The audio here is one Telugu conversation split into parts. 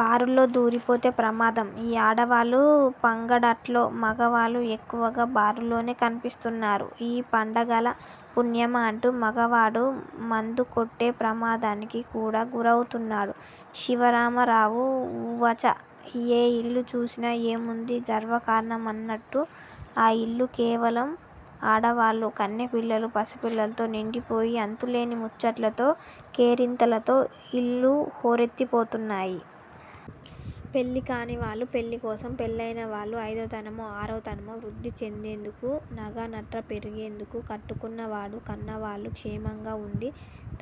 బారుల్లో దూరిపోతే ప్రమాదం. ఈ ఆడవాళ్ళు పంగడట్లో మగాళ్లు ఎక్కువగా బారుల్లోనే కనిపిస్తున్నారు. ఈ పండగల పుణ్యమా అంటూ మగవాడు మందుకొట్టే ప్రమాదానికి కూడా గురవుతున్నాడు-శివరామారావు ఉవాచ ఏ ఇల్లు చూసినా ఏముంది గర్వకారణమన్నట్టు-ఆ ఇల్లు కేవలం ఆడవాళ్ళూ, కన్నె పిల్లలూ, పసిపిల్లలతో నిండిపోయి అంతులేని ముచ్చట్లతో, కేరింతలతో ఇళ్ళు హోరెత్తిపోతున్నాయి. పెళ్ళి కానివాళ్ళు పెళ్ళికోసం-పెళ్ళయిన వాళ్ళు అయిదోతనమో ఆరోతనమో వృద్ధి చెందేందుకు నగానట్రా పెరిగేందుకు కట్టుకున్న వాడూ, కన్నవాళ్ళు క్షేమంగా వుండి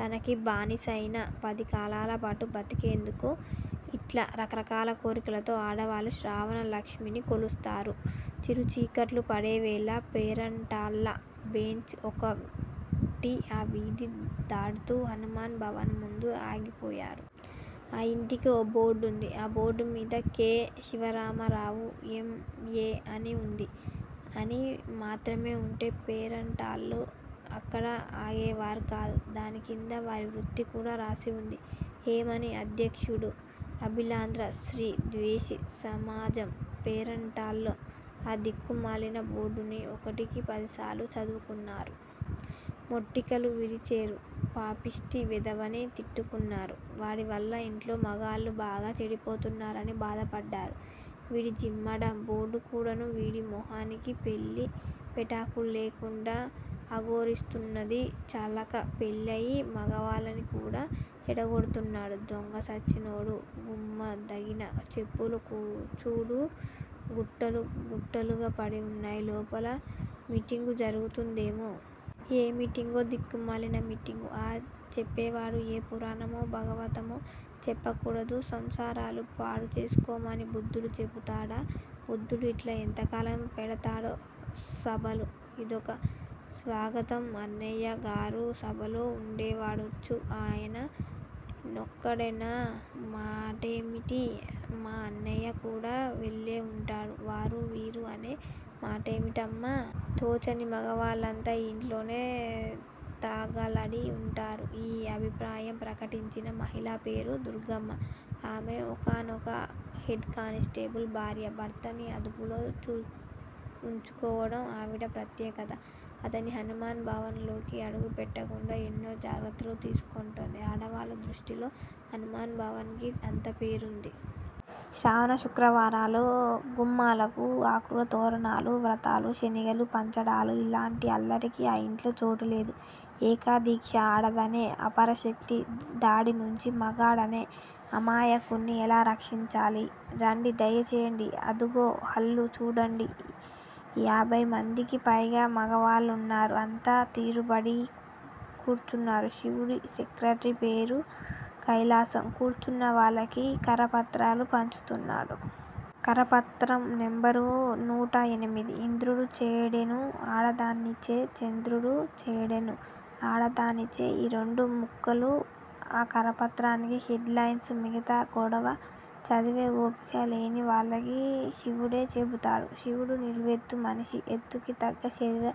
తనకి బానిసలై పదికాలాలపాటు బతికేందుకు. ఇట్లా రకరకాల కోరికలతో ఆడవాళ్లు శ్రావణలక్ష్మిని కొలుస్తున్నారు. చిరుచీకట్లు పడేవేళ పేరంటాళ్ళ బేచ్ ఒకటి ఆ వీధి దాటుతూ హనుమాన్ భవన్ ముందు ఆగిపోయారు. ఆ ఇంటికి ఓ బోర్డుంది. ఆ బోర్డుమీద కె. శివరామారావు ఎం. ఎ. అని వుంది. అని మాత్రమే వుంటే పేరంటాళ్లు అక్కడ ఆగేవారు కాదు. దానికింద వారి వృత్తి కూడా రాసి వుంది. ఏమని? అధ్యక్షుడు. అఖిలాంధ్ర స్త్రీ ద్వేషీ సమాజం. పేరంటాళ్లు ఆ దిక్కుమాలిన బోర్డుని ఒకటికి పదిసార్లు చదువుకున్నారు. మెటికలు విరిచేరు. పాపిష్ఠి వెధవని తిట్టుకున్నారు. వాడివల్ల ఇంట్లో మగాళ్ళు బాగా చెడిపోతున్నారని బాధపడ్డారు. వీడి జిమ్మడ! బోర్డుకూడాను వీడి మొహానికి? పెళ్ళీ పెటాకుల్లేకుండా అఘోరిస్తున్నది చాలక పెళ్ళయిన మగాళ్ళని కూడా చెడగొడుతున్నాడు దొంగచచ్చినోడు. గుమ్మందగ్గిర చెప్పులు చూడు గుట్టలు గుట్టలుగా పడి ఉన్నాయి. లోపల మీటింగు జరుగుతూందేమో! ఏమి మీటింగో దిక్కుమాలిన మీటింగు! ఆ చెప్పేవాడు ఏ పురాణమో, భాగవతమో చెప్పకూడదూ? సంసారాలు పాడుచేసుకోమని బుద్ధులు చెబుతాడా బుద్ధులు! ఇట్లా ఎంతకాలం పెడతాడో సభలు! ఇదొక స్వగతం. అన్నయ్యగారు సభలో ఉండేవుండొచ్చు! ఆయన నొక్కడేనన్న మాటేమిటి? మా అన్నయ్య కూడా వెళ్ళేవుంటాడు.. వారూ వీరూ అనే మాటేమిటమ్మా! తోచని మగాళ్ళంతా ఈ ఇంట్లోనే తగలడి వుంటారు. -ఈ అభిప్రాయం ప్రకటించిన మహిళ పేరు దుర్గమ్మ. ఆమె ఒకానొక హెడ్ కానిస్టేబుల్ భార్య. భర్తని అదుపులో వుంచుకోవడం ఆవిడ ప్రత్యేకత. అతన్ని హనుమాన్ భవన్లోకి అడుగు పెట్టకుండా ఎన్నో జాగ్రత్తలు తీసుకుంటోంది. ఆడవాళ్ళ దృష్టిలో హనుమాన్ భవన్ కి అంత పేరుంది! శ్రావణ శుక్రవారాలు, గుమ్మాలకు ఆకుతోరణాలు, వ్రతాలు, శనగలు పంచడాలూ ఇల్లాంటి అల్లరికి ఆ ఇంట్లో చోటులేదు. ఏకదీక్ష! ఆడదనే అపరశక్తి దాడినుంచి మగాడనే అమాయకుడ్ని ఎట్లా రక్షించాలి? రండి దయచేయండి అదుగో హాలు. చూడండి. ఏభయిమందికి పైగా మగాళ్ళున్నారు. అంతా తీరుబడిగా కూర్చున్నారు. శివుడి సెక్రటరీ-పేరు కైలాసం-కూర్చున్న వాళ్ళకి కరపత్రాలు పంచుతున్నాడు. కరపత్రం నెంబరు నూట ఎనిమిది! ఇంద్రుడు చెడెను ఆడదానిచే చంద్రుడు చెడెను ఆడదానిచే -ఈ రెండు ముక్కలూ ఆ కరపత్రానికి హెడ్ లైన్సు! మిగతా గొడవ చదివే ఓపిక లేని వాళ్ళకి శివుడే చెబుతాడు. శివుడు నిలువెత్తు మనిషి, ఎత్తుకి తగ్గ శరీర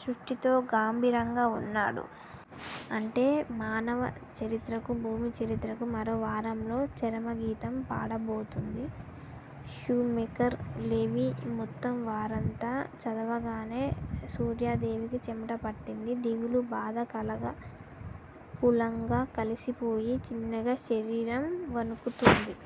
పుష్టితో గంభీరంగా వున్నాడు. అంటే మానవ చరిత్రకు, భూమి చరిత్రకు మరో వారంలో చరమగీతం పాడబోతోంది షూమేకర్- లెవీ- మొత్తం వార్తంతా చదవగానే సూర్యాదేవికి చెమటపట్టింది. దిగులు, బాధా కలగాపులగంగా కలిసిపోయి. చిన్నగా శరీరం వణుకుతోంది.